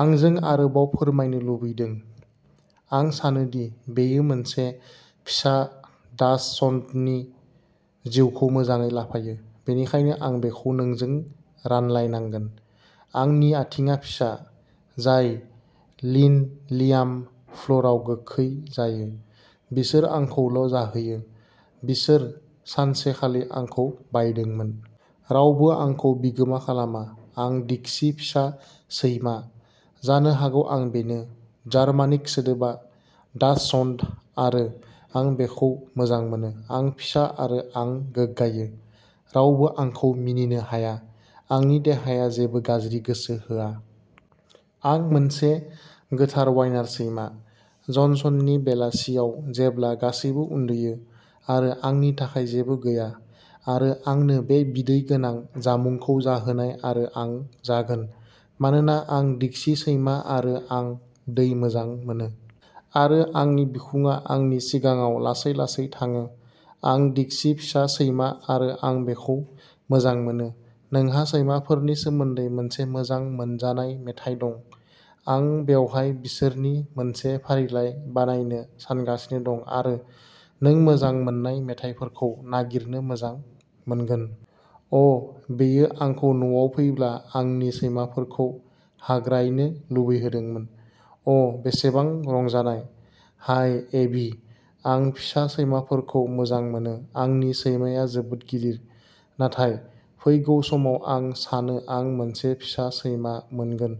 आंजों आरोबाव फोरमायनो लुबैदों। आं सानो दि बेयो मोनसे फिसा डाचशन्डनि जिउखौ मोजाङै लाफायो। बेनिखायनो आं बेखौ नोंजों रानलायनांगोन। आंनि आथिंआ फिसा, जाय लिन' लियाम फ्ल'रआव गोखै जायो। बिसोर आंखौल' जाहैयो। बिसोर सानसे खालि आंखौ बायदोंमोन। रावबो आंखौ बिगोमा खालामा। आं डिक्सी फिसा सैमा। जानो हागौ आं बेनो। जार्मानिक सोदोबा डाचशन्ड आरो आं बेखौ मोजां मोनो। आं फिसा आरो आं गोग्गायो रावबो आंखौ मिनिनो हाया। आंनि देहाया जेबो गाज्रि गोसो होआ। आं मोनसे गोथार वाइनार सैमा। जनसननि बेलासियाव जेब्ला गासैबो उन्दुयो। आरो आंनि थाखाय जेबो गैया। आरो आंनो बे बिदै गोनां जामुंखौ जाहोनाय आरो आं जागोन। मानोना आं डिक्सी सैमा आरो आं दै मोजां मोनो। आरो आंनि बिखुंआ आंनि सिगाङाव लासै-लासै थाङो। आं डिक्सी फिसा सैमा आरो आं बेखौ मोजां मोनो। नोंहा सैमाफोरनि सोमोन्दै मोनसे मोजां मोनजानाय मेथाइ दं? आं बेवहाय बिसोरनि मोनसे फारिलाइ बानायनो सानगासिनो दं आरो नों मोजां मोन्नाय मेथाइफोरखौ नागिरनो मोजां मोनगोन। अ, बेयो आंखौ नआव फैब्ला आंनि सैमाफोरखौ हाग्रायनो लुबैहोदोंमोन। अ बेसेबां रंजानाय! हाय एबि! आं फिसा सैमाफोरखौ मोजां मोनो। आंनि सैमाया जोबोद गिदिर! नाथाय फैगौ समाव आं सानो आं मोनसे फिसा सैमा मोनगोन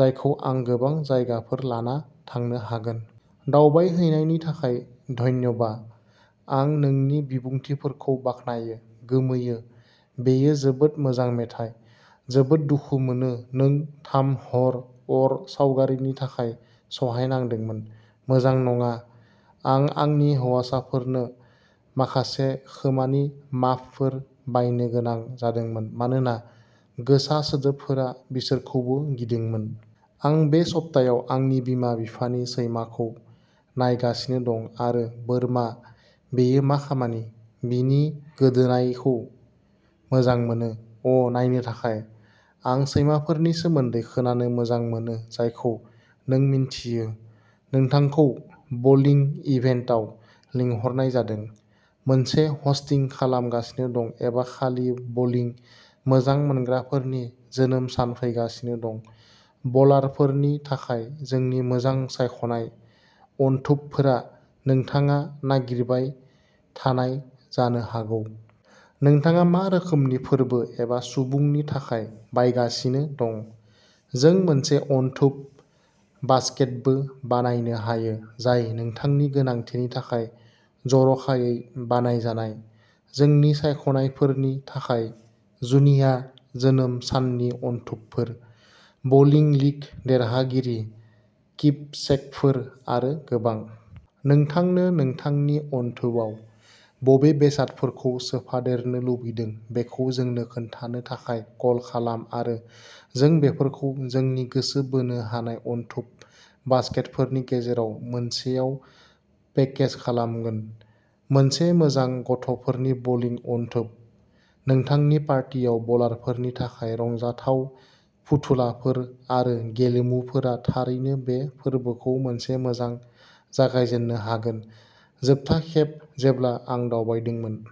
जायखौ आं गोबां जायगाफोर लाना थांनो हागोन। दावबायहैनायनि थाखाय धन्यबाथ। आं नोंनि बिबुंथिफोरखौ बाख्नायो! गोमोयो। बेयो जोबोद मोजां मेथाइ! जोबोद दुखु मोनो नों थाम हर अर सावगारिनि थाखाय सहायनांदोंमोन मोजां नङा। आं आंनि हौवासाफोरनो माखासे खोमानि माफफोर बायनो गोनां जादोंमोन मानोना गोसा सोदोबफोरा बिसोरखौबो गिदोंमोन। आं बे सप्तायाव आंनि बिमा-बिफानि सैमाखौ नायगासिनो दं आरो बोरमा, बेयो मा खामानि! बिनि गोदोनायखौ मोजां मोनो। अ नायनो थाखाय! आं सैमाफोरनि सोमोन्दै खोनानो मोजां मोनो जायखौ नों मिन्थियो। नोंथांखौ बलिं इभेन्टआव लिंहरनाय जादों, मोनसे हस्टिं खालामगासिनो दं एबा खालि बलिं मोजां मोनग्राफोरनि जोनोम सान फैगासिनो दं, बलारफोरनि थाखाय जोंनि मोजां सायख'नाय अनथोबफोरा नोंथाङा नागिरबाय थानाय जानो हागौ। नोंथाङा मा रोखोमनि फोरबो एबा सुबुंनि थाखाय बायगासिनो दं जों मोनसे अनथोब बास्केटबो बानायनो हायो जाय नोंथांनि गोनांथिनि थाखाय जर'खायै बानायजानाय जोंनि सायख'नायफोरनि थाखाय जुनिया जोनोम साननि अनथोबफोर बलिं लीग देरहागिरि किपसेकफोर आरो गोबां। नोंथांनो नोंथांनि अनथोबआव बबे बेसादफोरखौ सोफादेरनो लुबैदों बेखौ जोंनो खोन्थानो थाखाय कल खालाम आरो जों बेफोरखौ जोंनि गोसो बोनो हानाय अनथोब बास्केटफोरनि गेजेराव मोनसेआव पेकेज खालामगोन। मोनसे मोजां गथ'फोरनि बलिं अनथोब, नोंथांनि पार्टियाव बलारफोरनि थाखाय रंजाथाव फुथुलाफोर आरो गेलेमुफोरा थारैनो बे फोरबोखौ मोनसे मोजां जागायजेन्नो हागोन। जोबथा खेब जेब्ला आं दावबायदोंमोन।